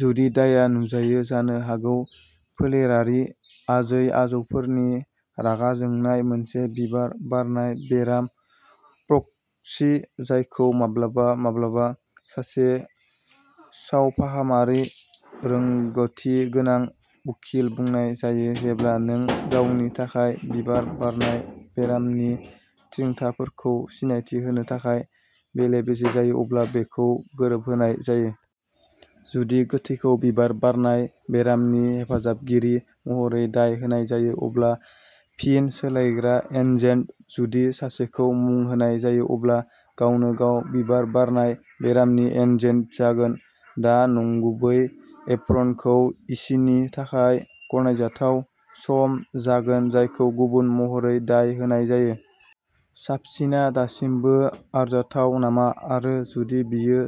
जुदि दायआ नुजायो जानो हागौ फोलेरारि आजै-आजौफोरनि रागा जोंनाय। मोनसे बिबार बारनाय बेराम प्रक्सि जायखौ माब्लाबा माब्लाबा सासे सावफाहामारि रोंग'थि गोनां उखिल बुंनाय जायो जेब्ला नों गावनि थाखाय बिबार बारनाय बेरामनि थिरांथाफोरखौ सिनायथि होनो थाखाय बेले-बेजे जायो अब्ला बेखौ गोरोबहोनाय जायो। जुदि गोथैखौ बिबार बारनाय बेरामनि हेफाजाबगिरि महरै दाय होनाय जायो अब्ला फिन सोलायग्रा एनजेन्ट जुदि सासेखौ मुं होनाय जायो अब्ला गावनो-गाव बिबार बारनाय बेरामनि एनजेन्ट जागोन। दा नंगुबै एप्रनखौ यिसिनि थाखाय गनायजाथाव सम जागोन जायखौ गुबुन महरै दाय होनाय जायो। साबसिनआ दासिमबो आरजाथाव नामा? आरो जुदि बियो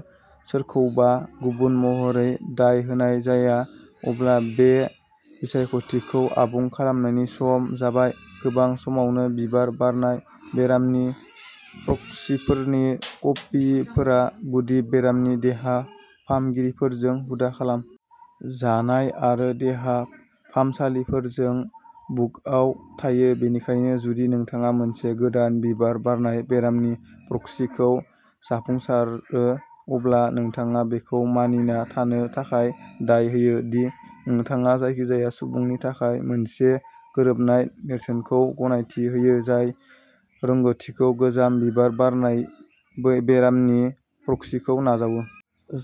सोरखौबा गुबुन महरै दाय होनाय जाया, अब्ला बे बिसायख'थिखौ आबुं खालामनायनि सम जाबाय। गोबां समावनो बिबार बारनाय बेरामनि प्रक्सिफोरनि कपिफोरा गुदि बेरामनि देहा फाहामगिरिफोरजों हुदा खालाम जानाय आरो देहा फाहामसालिफोरजों बुकआव थायो बेनिखायनो जुदि नोंथाङा मोनसे गोदान बिबार बारनाय बेरामनि प्रक्सिखौ जाफुंसारो अब्ला नोंथाङा बेखौ मानिना थानो थाखाय दाय होयो दि नोंथाङा जायखिजाया सुबुंनि थाखाय मोनसे गोरोबनाय नेरसोनखौ गनायथि होयो जाय रोंग'थिखौ गोजाम बिबार बारनाय बै बेरामनि प्रक्सिखौ नाजावो।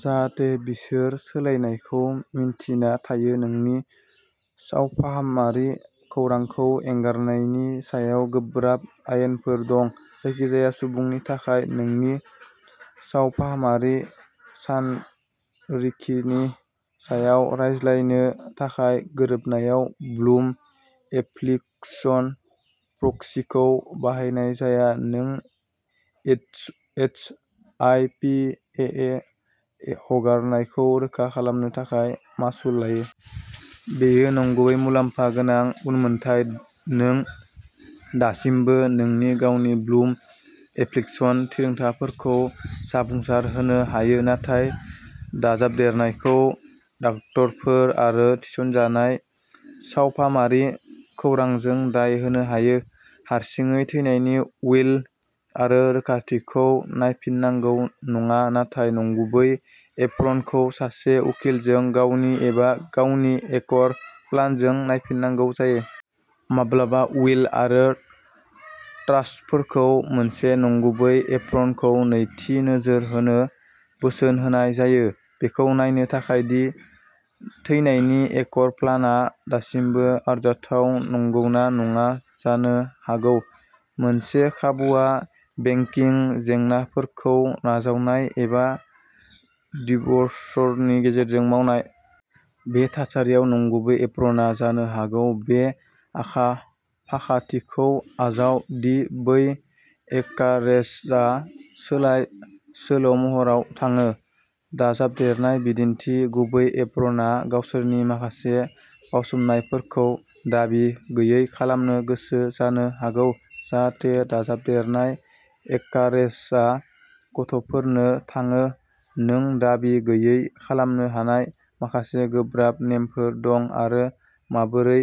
जाहाथे बिसोर सोलायनायखौ मिन्थिना थायो। नोंनि सावफाहामारि खौरांखौ एंगारनायनि सायाव गोब्राब आयेनफोर दं। जायखिजाया सुबुंनि थाखाय नोंनि सावफाहामारि सानरिखिनि सायाव रायज्लायनो थाखाय गोरोबनायाव ब्लुम एफ्लिक्शन प्रक्सिखौ बाहायनाय जाया नों AIDS AIDS I P A A हगारनायखौ रोखा खालामनो थाखाय मासुल लायो। बेयो नंगुबै मुलाम्फा गोनां उनमोनथाय नों दासिमबो नोंनि गावनि ब्लुम एफ्लिक्शन थिरांथाफोरखौ जाफुंसारहोनो हायो नाथाय दाजाबदेरनायखौ दाक्ट'रफोर आरो थिसनजानाय सावफाहामारि खौरांजों दाय होनो हायो। हारसिङै थैनायनि उइल आरो रोखाथिखौ नायफिननांगौ नङा नाथाय नंगुबै एप्रनखौ सासे उखिलजों गावनि एबा गावनि एकर प्लानखौ नायफिननांगौ जायो। माब्लाबा उइल आरो ट्रास्टफोरखौ मोनसे नंगुबै एप्रनखौ "नैथि नोजोर" होनो बोसोन होनाय जायो बेखौ नायनो थाखाय दि थैनायनि एकर प्लानआ दासिमबो आरजाथाव नंगौना नङा। जानो हागौ मोनसे खाबुआ बेंकिं जेंनाफोरखौ नाजावनाय एबा डिव'र्सनि गेजेरजों मावनाय। बे थासारियाव नंगुबै एप्रनआ जानो हागौ। बे आखा-फाखाथिखौ आजाव दि बै एकारेजआ सोलाय-सोल'महराव थाङो। दाजाबदेरनाय बिदिन्थि गुबै एप्रनआ गावसोरनि माखासे बावसोमनायफोरखौ "दाबि गैयै" खालामनो गोसो जानो हागौ जाहाथे दाजाबदेरनाय एकारेजआ गथ'फोरनो थाङो। नों दाबि गैयै खालामनो हानाय माखासे गोब्राब नेमफोर दं आरो माबोरै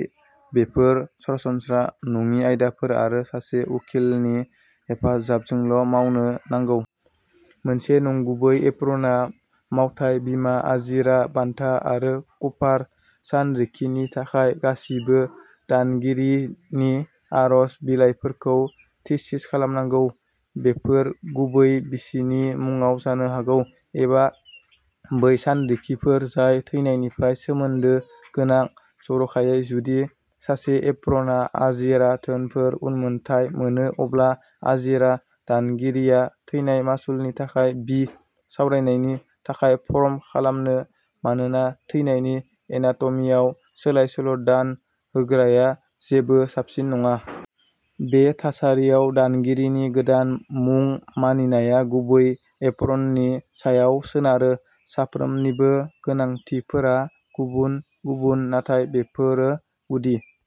बेफोर सरासनस्रा नङि आयदाफोर आरो सासे उखिलनि हेफाजाबजोंल' मावनो नांगौ। मोनसे नंगुबै एप्रनआ मावथाय बीमा, आजिरा, बानथा आरो कफार सानरिखिनि थाखाय गासिबो दानगिरिनि आरज बिलाइफोरखौ थिसिस खालामनांगौ। बेफोर गुबै बिसिनि मुंआव जानो हागौ एबा बै सानरिखिफोर जाय थैनायनिफ्राय सोमोन्दो गोनां। जर'खायै जुदि सासे एप्रनआ आजिरा धोनफोर उनमोनथाय मोनो अब्ला आजिरा दानगिरिया थैनाय मासुलनि थाखाय बि सावरायनायनि थाखाय फर्म खालामो मानोना थैनायनि एनाट'मीयाव सोलाय-सोल' दान होग्रया जेबो साबसिन नङा। बे थासारियाव दानगिरिनि गोदान मुं मानिनाया गुबै एप्रननि सायाव सोनारो। साफ्रोमनिबो गोनांथिफोरा गुबुन-गुबुन नाथाय बेफोरो गुदि।